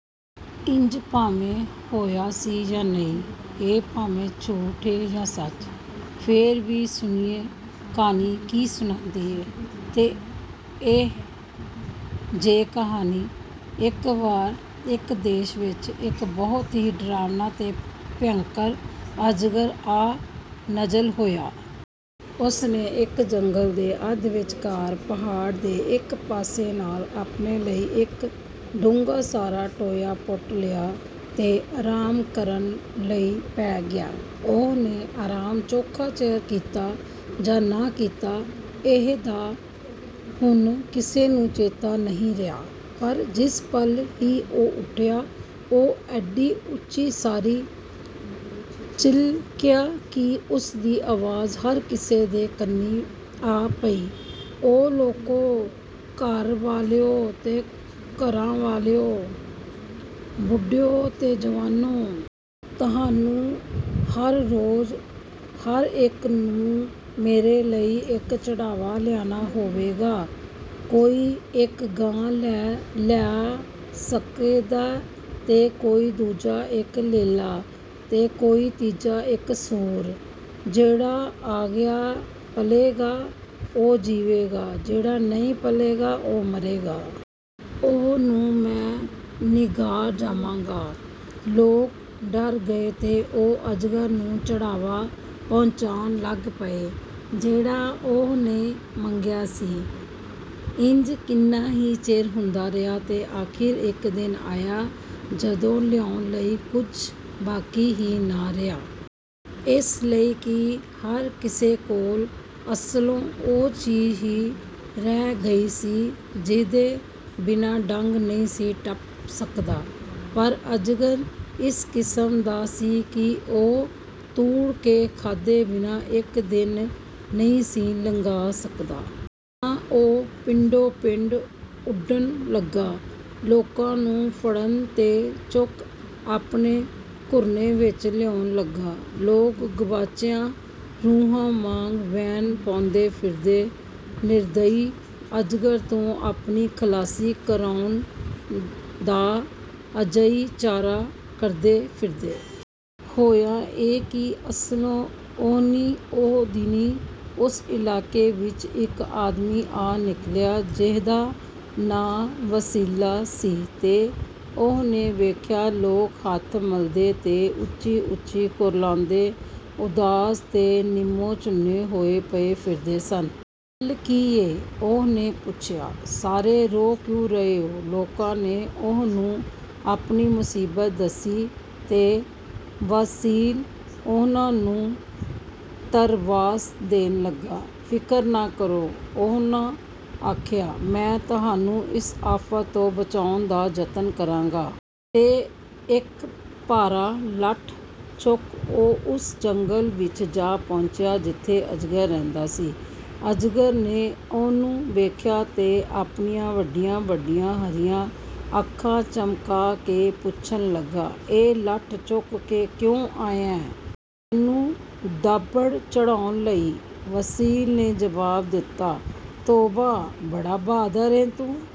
ਇੰਜ ਭਾਵੇਂ ਹੋਇਆ ਸੀ ਜਾਂ ਨਹੀਂ, ਇਹ ਭਾਵੇਂ ਝੂਠ ਏ ਜਾਂ ਸੱਚ, ਫੇਰ ਵੀ ਸੁਣੀਏ, ਕਹਾਣੀ ਕੀ ਸੁਣਾਂਦੀ ਏ। ਤੇ ਇਹ ਜੇ ਕਹਾਣੀ। ਇੱਕ ਵਾਰੀ ਇਕ ਦੇਸ ਵਿਚ ਇਕ ਬਹੁਤ ਹੀ ਡਰਾਉਣਾ ਤੇ ਭਿਆਨਕ ਅਜਗਰ ਆ ਨਾਜ਼ਲ ਹੋਇਆ। ਉਹਨੇ ਇੱਕ ਜੰਗਲ ਦੇ ਅੱਧ-ਵਿਚਕਾਰ ਪਹਾੜ ਦੇ ਇਕ ਪਾਸੇ ਨਾਲ ਆਪਣੇ ਲਈ ਇੱਕ ਡੂੰਘਾ ਸਾਰਾ ਟੋਇਆ ਪੁੱਟ ਲਿਆ ਤੇ ਆਰਾਮ ਕਰਨ ਲਈ ਪੈ ਗਿਆ। ਉਹਨੇ ਆਰਾਮ ਚੋਖਾ ਚਿਰ ਕੀਤਾ ਜਾਂ ਨਾ ਕੀਤਾ, ਇਹਦਾ ਹੁਣ ਕਿਸੇ ਨੂੰ ਚੇਤਾ ਨਹੀਂ ਰਿਹਾ, ਪਰ ਜਿਸ ਪਲ ਹੀ ਉਹ ਉੱਠਿਆ, ਉਹ ਏਡੀ ਉੱਚੀ ਸਾਰੀ ਚਿਲਕਿਆ ਕਿ ਉਹਦੀ ਆਵਾਜ਼ ਹਰ ਕਿਸੇ ਦੇ ਕੰਨੀਂ ਆ ਪਈ, "ਆਓ, ਲੋਕੋ, ਘਰਾਂ ਵਾਲਿਓ ਤੇ ਘਰਾਂ ਵਾਲੀਓ, ਬੁੱਢਿਓ ਤੇ ਜਵਾਨੋ! ਤੁਹਾਨੂੰ ਹਰ ਰੋਜ਼ ਹਰ ਇੱਕ ਨੂੰ ਮੇਰੇ ਲਈ ਇੱਕ ਚੜ੍ਹਾਵਾ ਲਿਆਣਾ ਹੋਏਗਾ। ਕੋਈ ਇੱਕ ਗਾਂ ਲਿਆ ਸਕਦੈ, ਤੇ ਕੋਈ ਦੂਜਾ ਇਕ ਲੇਲਾ, ਤੇ ਕੋਈ ਤੀਜਾ ਇਕ ਸੂਰ! ਜਿਹੜਾ ਆਗਿਆ ਪਾਲੇਗਾ, ਉਹ ਜੀਵੇਗਾ। ਜਿਹੜਾ ਨਹੀਂ ਪਾਲੇਗਾ, ਉਹ ਮਰੇਗਾ। ਉਹਨੂੰ ਮੈਂ ਨਿਘਾਰ ਜਾਵਾਂਗਾ!" ਲੋਕ ਡਰ ਗਏ ਤੇ ਉਹ ਅਜਗਰ ਨੂੰ ਚੜ੍ਹਾਵਾ ਪਹੁੰਚਾਣ ਲੱਗ ਪਏ, ਜਿਹੜਾ ਉਹਨੇ ਮੰਗਿਆ ਸੀ। ਇੰਜ ਕਿੰਨਾ ਹੀ ਚਿਰ ਹੁੰਦਾ ਰਿਹਾ ਤੇ ਅਖ਼ੀਰ ਇੱਕ ਦਿਨ ਆਇਆ, ਜਦੋਂ ਲਿਆਉਣ ਲਈ ਕੁਝ ਬਾਕੀ ਹੀ ਨਾ ਰਿਹਾ। ਇਸ ਲਈ ਕਿ ਹਰ ਕਿਸੇ ਕੋਲ ਅਸਲੋਂ ਉਹੀ ਚੀਜ਼ ਹੀ ਰਹਿ ਗਈ ਸੀ, ਜਿਹਦੇ ਬਿਨਾਂ ਡੰਗ ਨਹੀਂ ਸੀ ਟੱਪ ਸਕਦਾ। ਪਰ ਅਜਗਰ ਇਸ ਕਿਸਮ ਦਾ ਸੀ ਕਿ ਉਹ ਤੂੜ ਕੇ ਖਾਧੇ ਬਿਨਾਂ ਇੱਕ ਦਿਨ ਵੀ ਨਹੀਂ ਸੀ ਲੰਘਾ ਸਕਦਾ। ਤਾਂ ਉਹ ਪਿੰਡੋਂ ਪਿੰਡ ਉੱਡਣ ਲੱਗਾ, ਲੋਕਾਂ ਨੂੰ ਫੜਨ ਤੇ ਚੁੱਕ ਆਪਣੇ ਘੁਰਨੇ ਵਿੱਚ ਲਿਆਉਣ ਲੱਗਾ। ਲੋਕ ਗੁਆਚੀਆਂ ਰੂਹਾਂ ਵਾਂਗ ਵੈਣ ਪਾਂਦੇ ਫਿਰਦੇ, ਨਿਰਦਈ ਅਜਗਰ ਤੋਂ ਆਪਣੀ ਖਲਾਸੀ ਕਰਾਉਣ ਦਾ ਅਜਾਈਂ ਚਾਰਾ ਕਰਦੇ ਫਿਰਦੇ। ਹੋਇਆ ਇਹ ਕਿ ਅਸਲੋਂ ਉਹਨੀ ਹੀ ਦਿਨੀਂ ਉਸ ਇਲਾਕੇ ਵਿੱਚ ਇੱਕ ਆਦਮੀ ਆ ਨਿਕਲਿਆ, ਜਿਹਦਾ ਨਾਂ ਵਾਸੀਲ ਸੀ, ਤੇ ਉਹਨੇ ਵੇਖਿਆ ਲੋਕ ਹੱਥ ਮਲਦੇ ਤੇ ਉੱਚੀ-ਉੱਚੀ ਕੁਰਲਾਂਦੇ, ਉਦਾਸ ਤੇ ਨਿਮੋਝੂਣੇ ਹੋਏ ਪਏ ਫਿਰਦੇ ਸਨ। "ਗੱਲ ਕੀ ਏ?" ਉਹਨੇ ਪੁੱਛਿਆ। "ਸਾਰੇ ਰੋ ਕਿਉਂ ਰਹੇ ਹੋ?" ਲੋਕਾਂ ਨੇ ਉਹਨੂੰ ਆਪਣੀ ਮੁਸੀਬਤ ਦੱਸੀ ਤੇ ਵਾਸੀਲ ਉਹਨਾਂ ਨੂੰ ਧਰਵਾਸ ਦੇਣ ਲੱਗਾ। "ਫ਼ਿਕਰ ਨਾ ਕਰੋ," ਉਹਨੇ ਆਖਿਆ। "ਮੈਂ ਤੁਹਾਨੂੰ ਇਸ ਆਫ਼ਤ ਤੋਂ ਬਚਾਉਣ ਦਾ ਜਤਨ ਕਰਾਂਗਾ।" ਤੇ ਇੱਕ ਭਾਰਾ ਲੱਠ ਚੁੱਕ, ਉਹ ਉਸ ਜੰਗਲ ਵਿੱਚ ਜਾ ਪਹੁੰਚਿਆ, ਜਿੱਥੇ ਅਜਗਰ ਰਹਿੰਦਾ ਸੀ। ਅਜਗਰ ਨੇ ਉਹਨੂੰ ਵੇਖਿਆ ਤੇ ਆਪਣੀਆਂ ਵੱਡੀਆਂ-ਵੱਡੀਆਂ ਹਰੀਆਂ ਅੱਖਾਂ ਝਮਕਾ ਕੇ ਪੁੱਛਣ ਲੱਗਾ, "ਇਹ ਲੱਠ ਚੁੱਕ ਕੇ ਕਿਉਂ ਆਇਐਂ?" "ਤੈਨੂੰ ਧੈਂਬੜ ਚਾੜ੍ਹਨ ਲਈ!" ਵਾਸੀਲ ਨੇ ਜਵਾਬ ਦਿੱਤਾ। "ਤੋਬਾ, ਬੜਾ ਬਹਾਦਰ ਏਂ ਤੂੰ!"